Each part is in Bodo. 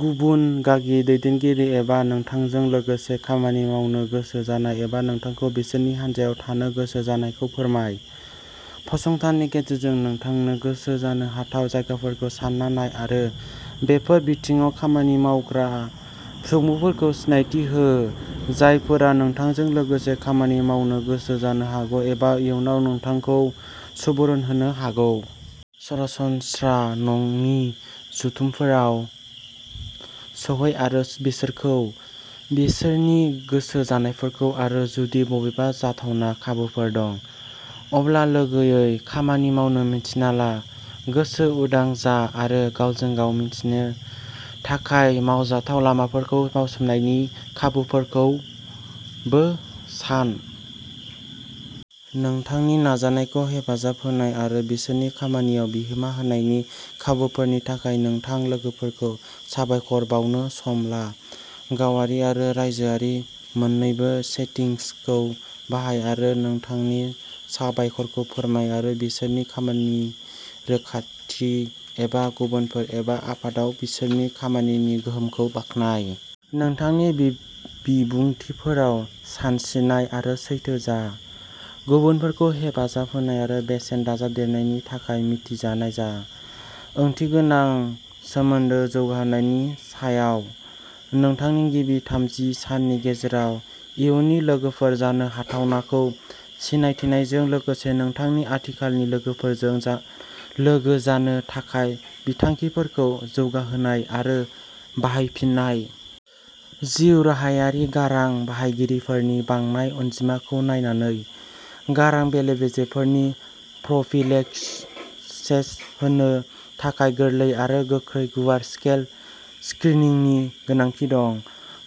गुबुन गागि दैदेनगिरि एबा नोंथांजों लोगोसे खामानि मावनो गोसो जानाय एबा नोंथांखौ बिसोरनि हान्जायाव थानो गोसो जानायखौ फोरमाय। फसंथाननि गेजेरजों नोंथांनो गोसो जानो हाथाव जायगाफोरखौ सानना नाय आरो बेफोर बिथिङाव खामानि मावग्रा सुबुंफोरखौ सिनायथि हो, जायफोरा नोंथांजों लोगोसे खामानि मावनो गोसो जानो हागौ एबा इयुनाव नोंथांखौ सुबुरुन होनो हागौ। सरासनस्रा नङि जथुमफोराव सौहै आरो बिसोरखौ, बिसोरनि गोसो जानायफोरखौ आरो जुदि बबेबा जाथावना खाबुफोर दं, अब्ला लोगोयै खामानि मावनो मिन्थिना ला। गोसो उदां जा आरो गावजों गाव मिन्थिनो थाखाय मावजाथाव लामाफोरखौ मावसोमनायनि खाबुफोरखौबो सान। नोंथांनि नाजानायखौ हेफाजाब होनाय आरो बिसोरनि खामानियाव बिहोमा होनायनि खाबुफोरनि थाखाय नोंथां लोगोफोरखौ साबायखर बावनो सम ला। गावारि आरो रायजोआरि मोननैबो सेटिंसखौ बाहाय आरो नोंथांनि साबायखरखौ फोरमाय आरो बिसोरनि खामानिनि रोखाथि एबा गुबुनफोर एबा आफादआव बिसोरनि खामानिनि गोहोमखौ बाख्नाय। नोंथांनि बिबुंथिफोराव सानस्रिनाय आरो सैथो जा। गुबुनफोरखौ हेफाजाब होनाय आरो बेसेन दाजाबदेरनायनि थाखाय मिथिजानाय जा। ओंथिगोनां सोमोन्दो जौगाहोनायनि सायाव। नोंथांनि गिबि थामजि साननि गेजेराव, इयुननि लोगोफोर जानो हाथावनाखौ सिनायथिनायजों लोगोसे नोंथांनि आथिखालनि लोगोफोरजों लोगो जानो थाखाय बिथांखिफोरखौ जौगाहोनाय आरो बाहायफिननाय। जिउ राहायारि गारां बाहायगिरिफोरनि बांनाय अनजिमाखौ नायनानै, गारां बेले-बेजेफोरनि प्रफिलेक्सिस होनो थाखाय गोरलै आरो गोख्रै गुवार-स्केल स्क्रिनिंनि गोनांथि दं।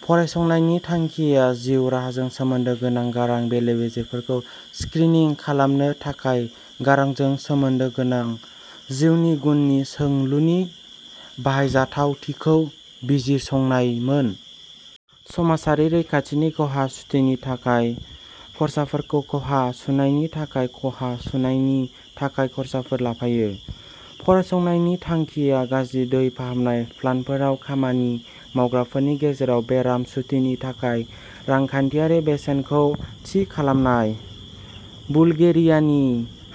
फरायसंनायनि थांखिया जिउ राहाजों सोमोन्दो गोनां गारां बेले-बेजेफोरखौ स्क्रिनिं खालामनो थाखाय गारांजों सोमोन्दो गोनां जिउनि गुननि सोंलुनि बाहायजाथावथिखौ बिजिरसंनायमोन। समाजारि रैखाथिनि खहा सुथिनि थाखाय खर्साफोरखौ खहा सुनायनि थाखाय खहा सुनायनि थाखाय खर्साफोर लाफायो। फरायसंनायनि थांखिया गाज्रि दै फाहामनाय प्लान्टफोराव खामानि मावग्राफोरनि गेजेराव बेराम सुथिनि थाखाय रांखान्थियारि बेसेनखौ थि खालामनाय, बुलगेरियानि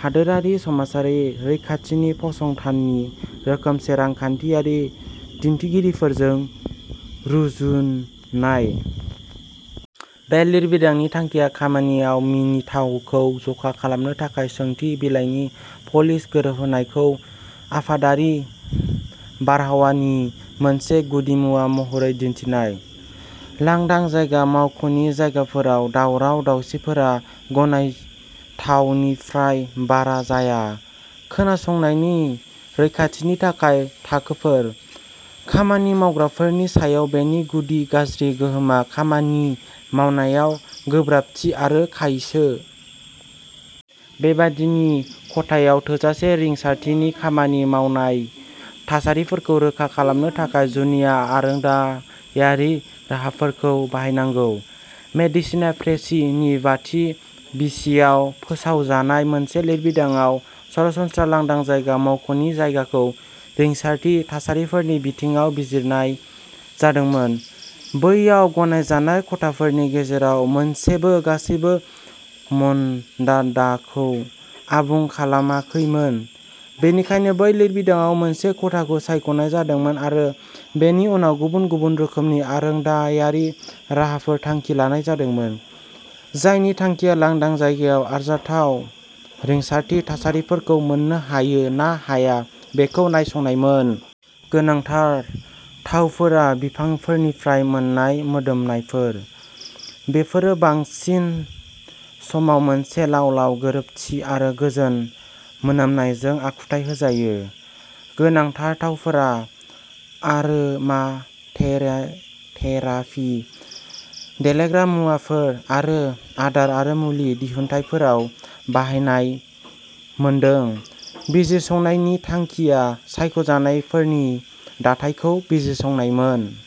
हादोरारि समाजारि रैखाथि फसंथाननि रोखोमसे रांखान्थियारि दिन्थिगिरिफोरजों रुजुननाय। बे लिरबिदांनि थांखिया खामानिआव मिनिथावखौ जखा खालामनो थाखाय सोंथि बिलाइनि पलिश गोरोबहोनायखौ आफादारि बारहावानि मोनसे गुदिमुवा महरै दिन्थिनाय। लांदां जायगा मावख'नि जायगाफोराव दावराव-दावसिफोरा गनायथावनिफ्राय बारा जाया। खोनासंनायनि रैखाथिनि थाखाय थाखोफोर। खामानि मावग्राफोरनि सायाव बेनि गुदि गाज्रि गोहोमआ खामानि मावनायाव गोब्राबथि आरो खायसो। बेबादि खथायाव थोजासे रिंसारथि खामानि मावनाय थासारिफोरखौ रोखा खालामनो थाखाय जुनिया आरोंदायारि राहाफोरखौ बाहायनांगौ। "मेडिसिना प्रेसि" नि बाथि बिसियाव फोसावजानाय मोनसे लिरबिदांआव, सरासनस्रा लांदां जायगा मावख'नि जायगाखौ रिंसारथि थासारिफोरनि बिथिङाव बिजिरनाय जादोंमोन। बैयाव गनायजानाय खथाफोरनि गेजेराव मोनसेबो गासैबो मानदान्दाखौ आबुं खालामाखैमोन बेनिखायनो बे लिरबिदांआव मोनसे खथाखौ सायख'नाय जादोंमोन आरो बेनि उनाव गुबुन गुबुन रोखोमनि आरोंदायारि राहाफोर थांखि लानाय जादोंमोन। जायनि थांखिया लांदां जायगायाव आरजाथाव रिंसारथि थासारिफोरखौ मोन्नो हायो ना हाया बेखौ नायसंनायमोन। गोनांथार थावफोरा बिफांफोरनिफ्राय मोन्नाय मोदोमनायफोर। बेफोरो बांसिन समाव मोनसे लाव-लाव गोरोबथि आरो गोजोन मोनामनायजों आखुथाइ होजायो। गोनांथार थावफोरा अरोमाथेरापि, देलायग्रा मुवाफोर आरो आदार आरो मुलि दिहुनथायफोराव बाहायनाय मोनदों। बिजिरसंनायनि थांखिया सायख'जानायफोरनि दाथायखौ बिजिरसंनायमोन।